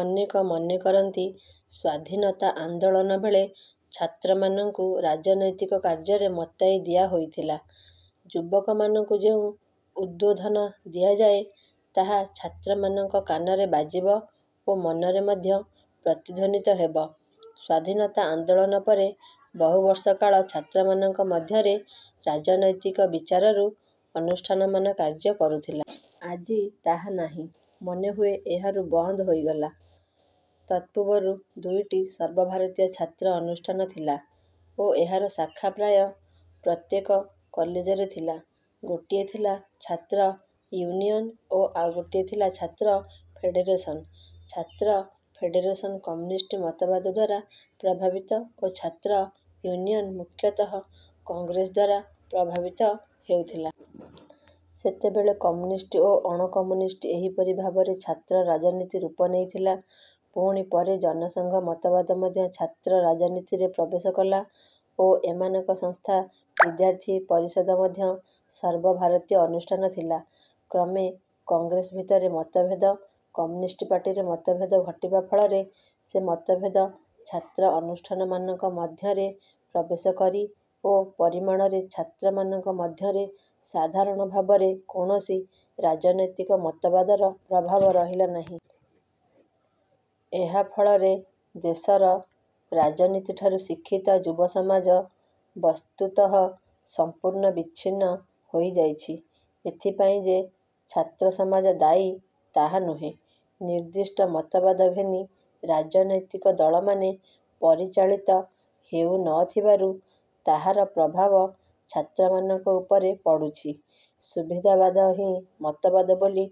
ଅନେକ ମନେ କରନ୍ତି ସ୍ୱାଧୀନତା ଆନ୍ଦୋଳନବେଳେ ଛାତ୍ରମାନଙ୍କୁ ରାଜନୈତିକ କାର୍ଯ୍ୟରେ ମତାଇ ଦିଆ ହୋଇଥିଲା। ଯୁବକମାନଙ୍କୁ ଯେଉଁ ଉଦ୍ବୋଧନ ଦିଆଯାଏ, ତାହା ଛାତ୍ରମାନଙ୍କ କାନରେ ବାଜିବ ଓ ମନରେ ମଧ୍ୟ ପ୍ରତିଧ୍ୱନିତ ହେବ। ସ୍ୱାଧୀନତା ଆନ୍ଦୋଳନ ପରେ, ବହୁବର୍ଷ କାଳ ଛାତ୍ରମାନଙ୍କ ମଧ୍ୟରେ ରାଜନୈତିକ ବିଚାରରୁ ଅନୁଷ୍ଠାନମାନ କାର୍ଯ୍ୟ କରୁଥିଲା। ଆଜି ତାହା ନାହିଁ। ମନେହୁଏ ଏହା ରୁ ବନ୍ଦ ହୋଇଗଲା। ତତ୍ପୂର୍ବରୁ ଦୁଇଟି ସର୍ବଭାରତୀୟ ଛାତ୍ର ଅନୁଷ୍ଠାନ ଥିଲା ଓ ଏହାର ଶାଖା ପ୍ରାୟ ପ୍ରତ୍ୟେକ କଲେଜରେ ଥିଲା। ଗୋଟିଏ ଥିଲା ଛାତ୍ର ଇଉନିଅନ ଓ ଆଉ ଗୋଟିଏ ଥିଲା ଛାତ୍ର ଫେଡ଼େରେସନ। ଛାତ୍ର ଫେଡ଼େରେସନ କମ୍ୟୁନିଷ୍ଟ ମତବାଦଦ୍ୱାରା ପ୍ରଭାବିତ ଓ ଛାତ୍ର ଇଉନିୟନ ମୁଖ୍ୟତଃ କଂଗ୍ରେସଦ୍ୱାରା ପ୍ରଭାବିତ ହେଉଥିଲା। ସେତେବେଳେ କମ୍ୟୁନିଷ୍ଟ ଓ ଅଣକମ୍ୟୁନିଷ୍ଟ ଏହିପରି ଭାବରେ ଛାତ୍ର ରାଜନୀତି ରୂପ ନେଇଥିଲା। ପୁଣି ପରେ ଜନସଂଘ ମତବାଦ ମଧ୍ୟ ଛାତ୍ର ରାଜନୀତିରେ ପ୍ରବେଶ କଲା ଓ ଏମାନଙ୍କ ସଂସ୍ଥା ବିଦ୍ୟାର୍ଥୀ ପରିଷଦ ମଧ୍ୟ ସର୍ବଭାରତୀୟ ଅନୁଷ୍ଠାନ ଥିଲା। କ୍ରମେ କଂଗ୍ରେସ ଭିତରେ, ମତଭେଦ, କମ୍ୟୁନିଷ୍ଟ ପାର୍ଟିରେ ମତଭେଦ ଘଟିବା ଫଳରେ ସେ ମତଭେଦ ଛାତ୍ର ଅନୁଷ୍ଠାନମାନଙ୍କ ମଧ୍ୟରେ ପ୍ରବେଶ କରି ଓ ପରିମାଣରେ ଛାତ୍ରମାନଙ୍କ ମଧ୍ୟରେ ସାଧାରଣ ଭାବରେ କୌଣସି ରାଜନୈତିକ ମତବାଦର ପ୍ରଭାବ ରହିଲାନାହିଁ। ଏହା ଫଳରେ ଦେଶର ରାଜନୀତିଠାରୁ ଶିକ୍ଷିତ ଯୁବସମାଜ ବସ୍ତୁତଃ ସଂପୂର୍ଣ୍ଣ ବିଚ୍ଛିନ୍ନ ହୋଇଯାଇଛି। ଏଥିପାଇଁ ଯେ ଛାତ୍ର ସମାଜ ଦାୟୀ ତାହା ନୁହେଁ। ନିର୍ଦ୍ଦିଷ୍ଟ ମତବାଦ ଘେନି ରାଜନୈତିକ ଦଳମାନେ ପରିଚାଳିତ ହେଉ ନଥିବାରୁ ତାହାର ପ୍ରଭାବ ଛାତ୍ରମାନଙ୍କ ଉପରେ ପଡ଼ୁଛି। ସୁବିଧାବାଦ ହିଁ ମତବାଦ ବୋଲି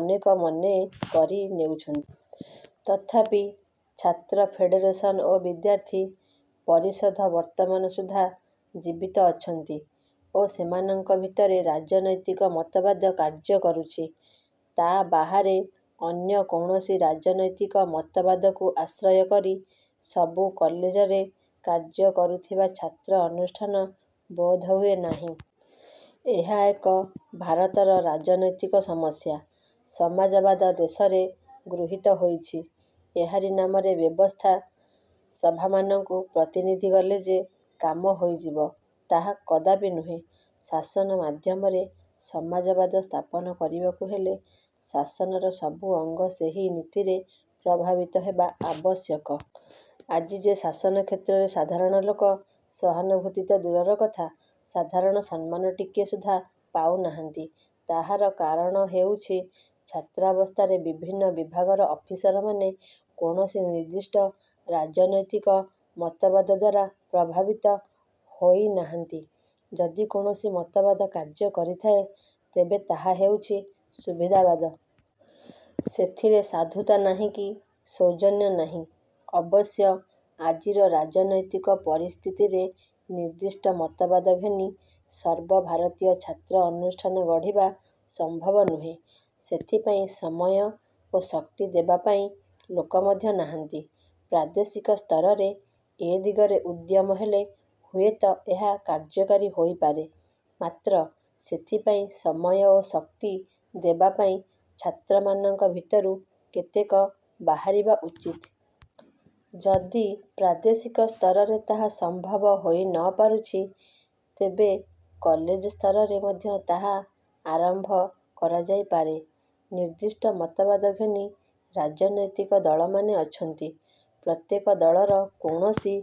ଅନେକ ମନେ କରି ନେଉଛନ୍ତି। ତଥାପି ଛାତ୍ର ଫେଡ଼େରେସନ ଓ ବିଦ୍ୟାର୍ଥୀ। ପରିଷଦ ବର୍ତ୍ତମାନ ସୁଦ୍ଧା ଜୀବିତ ଅଛନ୍ତି ଓ ସେମାନଙ୍କ ଭିତରେ ରାଜନୈତିକ ମତବାଦ କାର୍ଯ୍ୟ କରୁଛି। ତା ବାହାରେ ଅନ୍ୟ କୌଣସି ରାଜନୈତିକ ମତବାଦକୁ ଆଶ୍ରୟ କରି ସବୁ କଲେଜରେ କାର୍ଯ୍ୟ କରୁଥିବା ଛାତ୍ର ଅନୁଷ୍ଠାନ ବୋଧହୁଏ ନାହିଁ। ଏହା ଏକ ଭାରତର ରାଜନୈତିକ ସମସ୍ୟା। ସମାଜବାଦ ଦେଶରେ ଗୃହୀତ ହୋଇଛି-। ଏହାରି ନାମରେ ବ୍ୟବସ୍ଥା ସଭାମାନଙ୍କୁ ପ୍ରତିନିଧି ଗଲେ ଯେ କାମ ହୋଇଯିବ, ତାହା କଦାପି ନୁହେଁ। ଶାସନ ମାଧ୍ୟମରେ ସମାଜବାଦ ସ୍ଥାପନ କରିବାକୁ ହେଲେ ଶାସନର ସବୁ ଅଙ୍ଗ ସେହି ନୀତିରେ ପ୍ରଭାବିତ ହେବା ଆବଶ୍ୟକ। ଆଜି ଯେ ଶାସନ କ୍ଷେତ୍ରରେ ସାଧାରଣ ଲୋକ ସହାନୁଭୂତି ତ ଦୂରର କଥା, ସାଧାରଣ ସମ୍ମାନ ଟିକିଏ ସୁଦ୍ଧା ପାଉ ନାହାନ୍ତି। ତାହାର କାରଣ ହେଉଚି, ଛାତ୍ରାବସ୍ଥାରେ ବିଭିନ୍ନ ବିଭାଗର ଅଫିସରମାନେ କୌଣସି ନିର୍ଦ୍ଦିଷ୍ଟ ରାଜନୈତିକ ମତବାଦଦ୍ୱାରା ପ୍ରଭାବିତ ହୋଇନାହାନ୍ତି। ଯଦି କୌଣସି ମତବାଦ କାର୍ଯ୍ୟ କରିଥାଏ, ତେବେ ତାହା ହେଉଛି ସୁବିଧାବାଦ। ସେଥିରେ ସାଧୁତା ନାହିଁ କି ସୌଜନ୍ୟ ନାହିଁ। ଅବଶ୍ୟ ଆଜିର ରାଜନୈତିକ ପରିସ୍ଥିତିରେ ନିର୍ଦ୍ଦିଷ୍ଟ ମତବାଦ ଘେନି ସର୍ବଭାରତୀୟ ଛାତ୍ର ଅନୁଷ୍ଠାନ ଗଢ଼ିବା ସମ୍ଭବ ନୁହେଁ। ସେଥିପାଇଁ ସମୟ ଓ ଶକ୍ତି ଦେବାପାଇଁ ଲୋକ ମଧ୍ୟ ନାହାନ୍ତି। ପ୍ରାଦେଶିକ ସ୍ତରରେ ଏ ଦିଗରେ ଉଦ୍ୟମ ହେଲେ ହୁଏତ ଏହା କାର୍ଯ୍ୟକାରୀ ହୋଇପାରେ; ମାତ୍ର ସେଥିପାଇଁ ସମୟ ଓ ଶକ୍ତି ଦେବାପାଇଁ ଛାତ୍ରମାନଙ୍କ ଭିତରୁ କେତେକ ବାହାରିବା ଉଚିତ। ଯଦି ପ୍ରାଦେଶିକ ସ୍ତରରେ ତାହା ସମ୍ଭବ ହୋଇ ନ ପାରୁଛି, ତେବେ କଲେଜ ସ୍ତରରେ ମଧ୍ୟ ତାହା ଆରମ୍ଭ କରାଯାଇପାରେ। ନିର୍ଦ୍ଦିଷ୍ଟ ମତବାଦ ଘେନି ରାଜନୈତିକ ଦଳମାନେ ଅଛନ୍ତି। ପ୍ରତ୍ୟେକ ଦଳର କୌଣସି